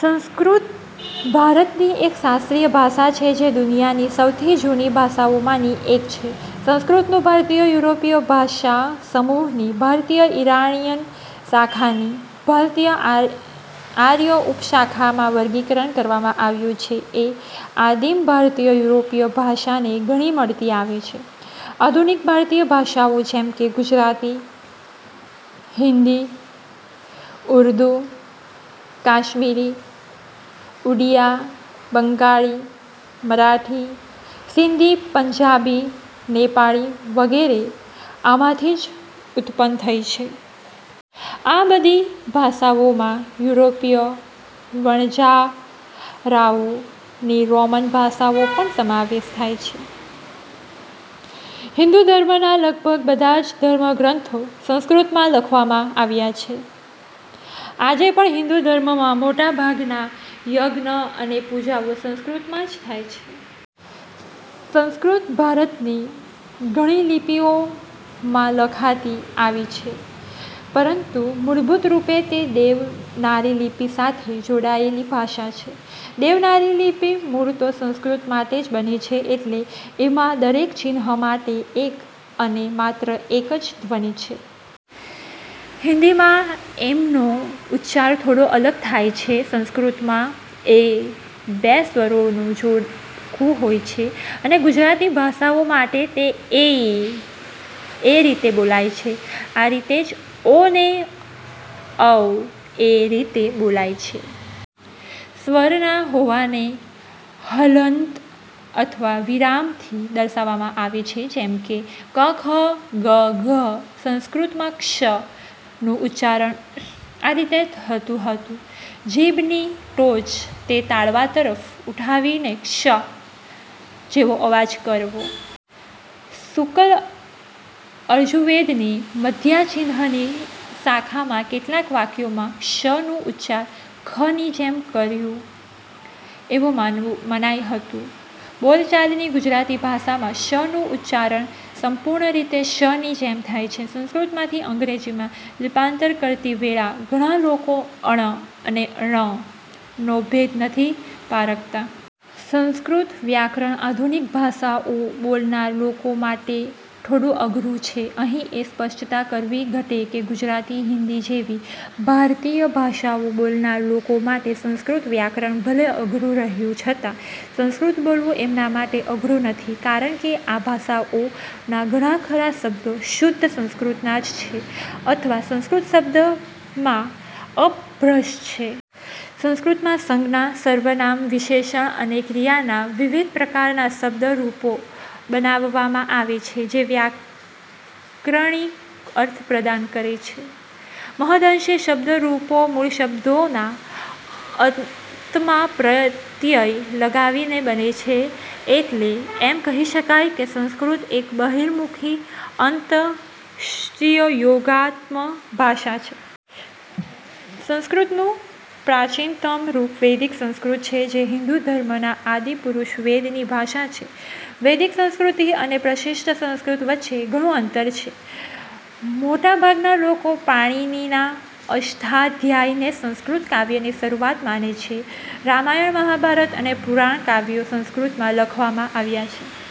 સંસ્કૃત ભારતની એક શાસ્ત્રીય ભાષા છે જે દુનિયાની સૌથી જુની ભાષાઓમાંની એક છે. સંસ્કૃતનું ભારતીય-યુરોપીય ભાષાસમૂહની ભારતીય-ઈરાણીયન શાખાની ભારતીય-આર્ય ઉપશાખામાં વર્ગીકરણ કરવામાં આવ્યું છે. એ આદિમ-ભારતીય-યુરોપીય ભાષાને ઘણી મળતી આવે છે. આધુનિક ભારતીય ભાષાઓ જેમકે ગુજરાતી, હિન્દી, ઉર્દૂ, કાશ્મીરી, ઉડિયા, બંગાળી, મરાઠી, સિંધી, પંજાબી, નેપાળી વગેરે આમાંથી જ ઉત્પન્ન થઈ છે. આ બધી ભાષાઓમાં યુરોપીય વણજારાઓ ની રોમન ભાષાનો પણ સમાવેશ થાય છે. હિન્દુ ધર્મના લગભગ બધા જ ધર્મગ્રંથો સંસ્કૃતમાં લખવામાં આવ્યા છે. આજે પણ હિન્દુ ધર્મમાં મોટાભાગના યજ્ઞ અને પૂજાઓ સંસ્કૃતમાં જ થાય છે. સંસ્કૃત ભારતની ઘણી લિપિઓમાં લખાતી આવી છે, પરંતુ મૂળભુત રૂપે તે દેવનાગરી લિપિ સાથે જોડાયેલી ભાષા છે. દેવનાગરી લિપિ મૂળ તો સંસ્કૃત માટે જ બની છે, એટલે એમાં દરેક ચિન્હ માટે એક અને માત્ર એક જ ધ્વનિ છે. હિન્દીમાં એમનો ઉચ્ચાર થોડો અલગ થાય છે. સંસ્કૃત માં "ઐ" બે સ્વરો નું જોડકું હોય છે અને ગુજરાતી ભાષીઓ માટે તે "અ-ઇ" એ રીતે બોલાય છે. આ રીતેજ "ઔ" ને "અ-ઉ" એ રીતે બોલાય છે. સ્વરના ન હોવાને હલન્ત અથવા વિરામથી દર્શાવવામાં આવે છે. જેમ કે ક્ ખ્ ગ્ ઘ્. સંસ્કૃતમાં ષ નું ઉચ્ચારણ આ રીતે થતું હતું: જીભની ટોચ ને તાળવા તરફ ઉઠાવીને શ જેવો અવાજ કરવો. શુક્લ યજુર્વેદ ની મદ્યાન્હિની શાખામાં કેટલાક વાક્યોમાં 'ષ' નું ઉચ્ચારણ 'ખ' ની જેમ કરવુ એવુ માન્ય હતું. બોલચાલની ગુજરાતી ભાષામાં 'ષ'નું ઉચ્ચારણ સંપૂર્ણ રીતે 'શ'ની જેમ થાય છે. સંસ્કૃતમાંથી અંગ્રેજીમાં લિપ્યાંતર કરતી વેળા ઘણા લોકો, ણ અને ળનો ભેદ નથી પારખતા. સંસ્કૃત વ્યાકરણ આધુનિક ભાષાઓ બોલનાર લોકો માટે થોડું અઘરૂ છે. અહીં એ સ્પષ્ટતા કરવી ઘટે કે ગુજરાતી, હીન્દી જેવી ભારતીય ભાષાઓ બોલનાર લોકો માટે સંસ્કૃત વ્યાકરણ ભલે અધરૂ રહ્યું છતાં સંસ્કૃત બોલવું એમના માટે અઘરૂં નથી કારણ કે આ ભાષાઓના ઘણાખરા શબ્દો શુદ્ધ સંસ્કૃતના જ છે અથવા સંસ્કૃત શબ્દોનાં અપભ્રંશ છે. સંસ્કૃતમાં સંજ્ઞા, સર્વનામ, વિશેષણ અને ક્રિયાના વિવિધ પ્રકારના શબ્દ-રૂપો બનાવવામાં આવે છે, જે વ્યાકરણિક અર્થ પ્રદાન કરે છે. મહદંશે શબ્દ-રૂપો મૂળશબ્દના અંતમાં પ્રત્યય લગાવીને બને છે. એટલે એમ કહી શકાય કે સંકૃત એક બહિર્મુખી-અન્ત-શ્લિષ્ટયોગાત્મક ભાષા છે. સંસ્કૃતનું પ્રાચીનતમ રૂપ વૈદિક સંસ્કૃત છે, જે હિન્દુ ધર્મના આદિ પુસ્તક વેદની ભાષા છે. વૈદિક સંસ્કૃત અને પ્રશિશ્ટ સંસ્કૃત વચ્ચે ઘણુ અંતર છે. મોટાભાગના લોકો પાણિનીના અષ્ટાધ્યાયીને સંસ્કૃત કાવ્યની શરુઆત માને છે. રામાયણ, મહાભારત અને પુરાણ કાવ્યો સંસ્કૃતમાં લખવામાં આવ્યા છે.